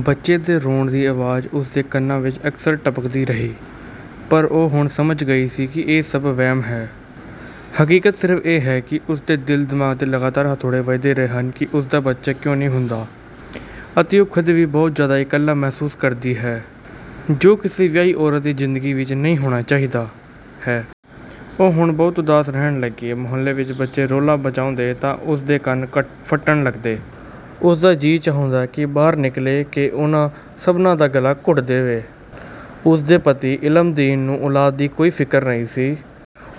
ਬੱਚੇ ਦੇ ਰੋਣ ਦੀ ਅਵਾਜ਼ ਉਸਦੇ ਕੰਨਾਂ ਵਿੱਚ ਅਕਸਰ ਟਪਕਦੀ ਰਹੀ, ਪਰ ਉਹ ਹੁਣ ਸਮਝ ਗਈ ਸੀ ਕਿ ਇਹ ਸਭ ਵਹਿਮ ਹੈ। ਹਕੀਕਤ ਸਿਰਫ਼ ਇਹ ਹੈ ਕਿ ਉਸਦੇ ਦਿਲ-ਦਿਮਾਗ਼ ਤੇ ਲਗਾਤਾਰ ਹਥੌੜੇ ਵੱਜਦੇ ਰਹੇ ਹਨ ਕਿ ਉਸਦੇ ਬੱਚਾ ਕਿਉਂ ਨਹੀਂ ਹੁੰਦਾ, ਅਤੇ ਉਹ ਖ਼ੁਦ ਵੀ ਬਹੁਤ ਜ਼ਿਆਦਾ ਇਕੱਲਾ ਮਹਿਸੂਸ ਕਰਦੀ ਹੈ ਜੋ ਕਿਸੇ ਵਿਆਹੀ ਔਰਤ ਦੀ ਜ਼ਿੰਦਗੀ ਵਿੱਚ ਨਹੀਂ ਹੋਣਾ ਚਾਹੀਦਾ ਹੈ। ਉਹ ਹੁਣ ਬਹੁਤ ਉਦਾਸ ਰਹਿਣ ਲੱਗੀ। ਮੁਹੱਲੇ ਵਿੱਚ ਬੱਚੇ ਰੌਲਾ ਮਚਾਉਂਦੇ ਤਾਂ ਉਸਦੇ ਕੰਨ ਫਟਣ ਲੱਗਦੇ। ਉਸਦਾ ਜੀ ਚਾਹੁੰਦਾ ਕਿ ਬਾਹਰ ਨਿਕਲ ਕੇ ਉਨ੍ਹਾਂ ਸਭਨਾਂ ਦਾ ਗਲਾ ਘੁੱਟ ਦੇਵੇ। ਉਸਦੇ ਪਤੀ ਇਲਮਦੀਨ ਨੂੰ ਔਲਾਦ ਦੀ ਕੋਈ ਫ਼ਿਕਰ ਨਹੀਂ ਸੀ।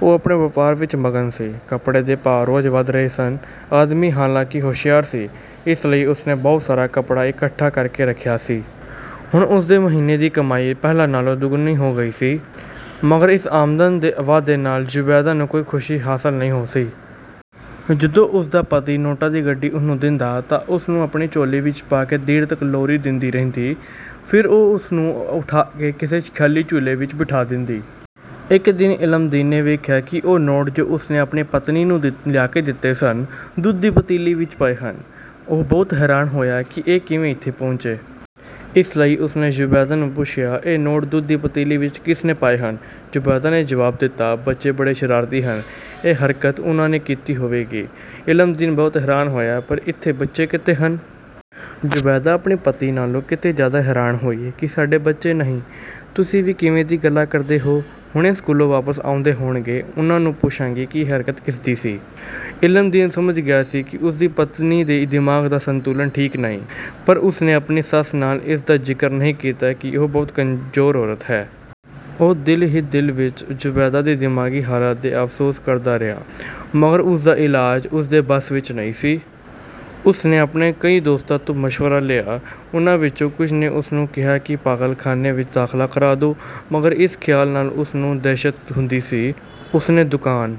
ਉਹ ਆਪਣੇ ਵਪਾਰ ਵਿੱਚ ਮਗਨ ਸੀ। ਕੱਪੜੇ ਦੇ ਭਾਅ ਰੋਜ਼ ਵਧ ਰਹੇ ਸਨ। ਆਦਮੀ ਹਾਲਾਂਕਿ ਹੋਸ਼ਿਆਰ ਸੀ, ਇਸ ਲਈ ਉਸਨੇ ਬਹੁਤ ਸਾਰਾ ਕੱਪੜਾ ਇਕੱਠਾ ਕਰਕੇ ਰੱਖਿਆ ਸੀ। ਹੁਣ ਉਸਦੀ ਮਹੀਨੇ ਦੀ ਕਮਾਈ ਪਹਿਲਾਂ ਨਾਲ਼ੋਂ ਦੁੱਗਣੀ ਹੋ ਗਈ ਸੀ, ਮਗਰ ਇਸ ਆਮਦਨ ਦੇ ਵਾਧੇ ਨਾਲ਼ ਜ਼ੁਬੈਦਾ ਨੂੰ ਕੋਈ ਖੁਸ਼ੀ ਹਾਸਲ ਨਹੀਂ ਹੋਈ ਸੀ। ਜਦੋਂ ਉਸਦਾ ਪਤੀ ਨੋਟਾਂ ਦੀ ਗੱਡੀ ਉਹਨੂੰ ਦਿੰਦਾ, ਤਾਂ ਉਸਨੂੰ ਆਪਣੀ ਝੋਲੀ ਵਿੱਚ ਪਾ ਕੇ ਦੇਰ ਤੱਕ ਉਸ ਨੂੰ ਲੋਰੀ ਦਿੰਦੀ ਰਹਿੰਦੀ, ਫਿਰ ਉਹ ਉਸ ਨੂੰ ਉਠਾ ਕੇ ਕਿਸੇ ਖ਼ਿਆਲੀ ਝੂਲੇ ਵਿੱਚ ਬਿਠਾ ਦਿੰਦੀ। ਇੱਕ ਦਿਨ ਇਲਮਦੀਨ ਨੇ ਵੇਖਿਆ ਕਿ ਉਹ ਨੋਟ ਜੋ ਉਸਨੇ ਆਪਣੀ ਪਤਨੀ ਨੂੰ ਲਿਆ ਕੇ ਦਿੱਤੇ ਸਨ, ਦੁੱਧ ਦੀ ਪਤੀਲੀ ਵਿੱਚ ਪਏ ਹਨ। ਉਹ ਬਹੁਤ ਹੈਰਾਨ ਹੋਇਆ ਕਿ ਇਹ ਕਿਵੇਂ ਇੱਥੇ ਪਹੁੰਚੇ ਇਸ ਲਈ ਉਸਨੇ ਜ਼ੁਬੈਦਾ ਨੂੰ ਪੁੱਛਿਆ, ਇਹ ਨੋਟ ਦੁੱਧ ਦੀ ਪਤੀਲੀ ਵਿੱਚ ਕਿਸਨੇ ਪਾਏ ਹਨ? ਜ਼ੁਬੈਦਾ ਨੇ ਜਵਾਬ ਦਿੱਤਾ, ਬੱਚੇ ਬੜੇ ਸ਼ਰਾਰਤੀ ਹਨ, ਇਹ ਹਰਕਤ ਉਨ੍ਹਾਂ ਕੀਤੀ ਹੋਵੇਗੀ। ਇਲਮਦੀਨ ਬਹੁਤ ਹੈਰਾਨ ਹੋਇਆ, ਪਰ ਇੱਥੇ ਬੱਚੇ ਕਿੱਥੇ ਹਨ? ਜ਼ੁਬੈਦਾ ਆਪਣੇ ਪਤੀ ਨਾਲ਼ੋਂ ਕਿਤੇ ਜ਼ਿਆਦਾ ਹੈਰਾਨ ਹੋਈ, ਕੀ ਸਾਡੇ ਬੱਚੇ ਨਹੀਂ? ਤੁਸੀਂ ਵੀ ਕਿਵੇਂ ਦੀ ਗੱਲਾਂ ਕਰਦੇ ਹੋ? ਹੁਣੇ ਸਕੂਲੋਂ ਵਾਪਸ ਆਉਂਦੇ ਹੋਣਗੇ, ਉਨ੍ਹਾਂ ਨੂੰ ਪੁੱਛਾਂਗੀ ਕਿ ਇਹ ਹਰਕਤ ਕਿਸਦੀ ਸੀ। ਇਲਮਦੀਨ ਸਮਝ ਗਿਆ ਕਿ ਉਸਦੀ ਪਤਨੀ ਦੇ ਦਿਮਾਗ਼ ਦਾ ਸਤੁੰਲਨ ਨੀਕ ਨਹੀਂ, ਪਰ ਉਸਨੇ ਆਪਣੀ ਸੱਸ ਨਾਲ਼ ਇਸਦਾ ਜ਼ਿਕਰ ਨਹੀਂ ਕੀਤਾ ਕਿ ਉਹ ਬਹੁਤ ਕਮਜ਼ੋਰ ਔਰਤ ਹੈ। ਉਹ ਦਿਲ ਹੀ ਦਿਲ ਵਿੱਚ ਜ਼ੁਬੈਦਾ ਦੀ ਦਿਮਾਗ਼ੀ ਹਾਲਤ ਤੇ ਅਫ਼ਸੋਸ ਕਰਦਾ ਰਿਹਾ, ਮਗਰ ਉਸਦਾ ਇਲਾਜ ਉਸਦੇ ਬਸ ਵਿੱਚ ਨਹੀਂ ਸੀ। ਉਸਨੇ ਆਪਣੇ ਕਈ ਦੋਸਤਾਂ ਤੋਂ ਮਸ਼ਵਰਾ ਲਿਆ। ਉਨ੍ਹਾਂ ਵਿਚੋਂ ਕੁਝ ਨੇ ਉਸਨੂੰ ਕਿਹਾ ਕਿ ਪਾਗਲਖਾਨੇ ਵਿੱਚ ਦਾਖ਼ਲ ਕਰਾ ਦੋ, ਮਗਰ ਇਸ ਖ਼ਿਆਲ ਨਾਲ਼ ਉਸਨੂੰ ਦਹਿਸ਼ਤ ਹੁੰਦੀ ਸੀ। ਉਸਨੇ ਦੁਕਾਨ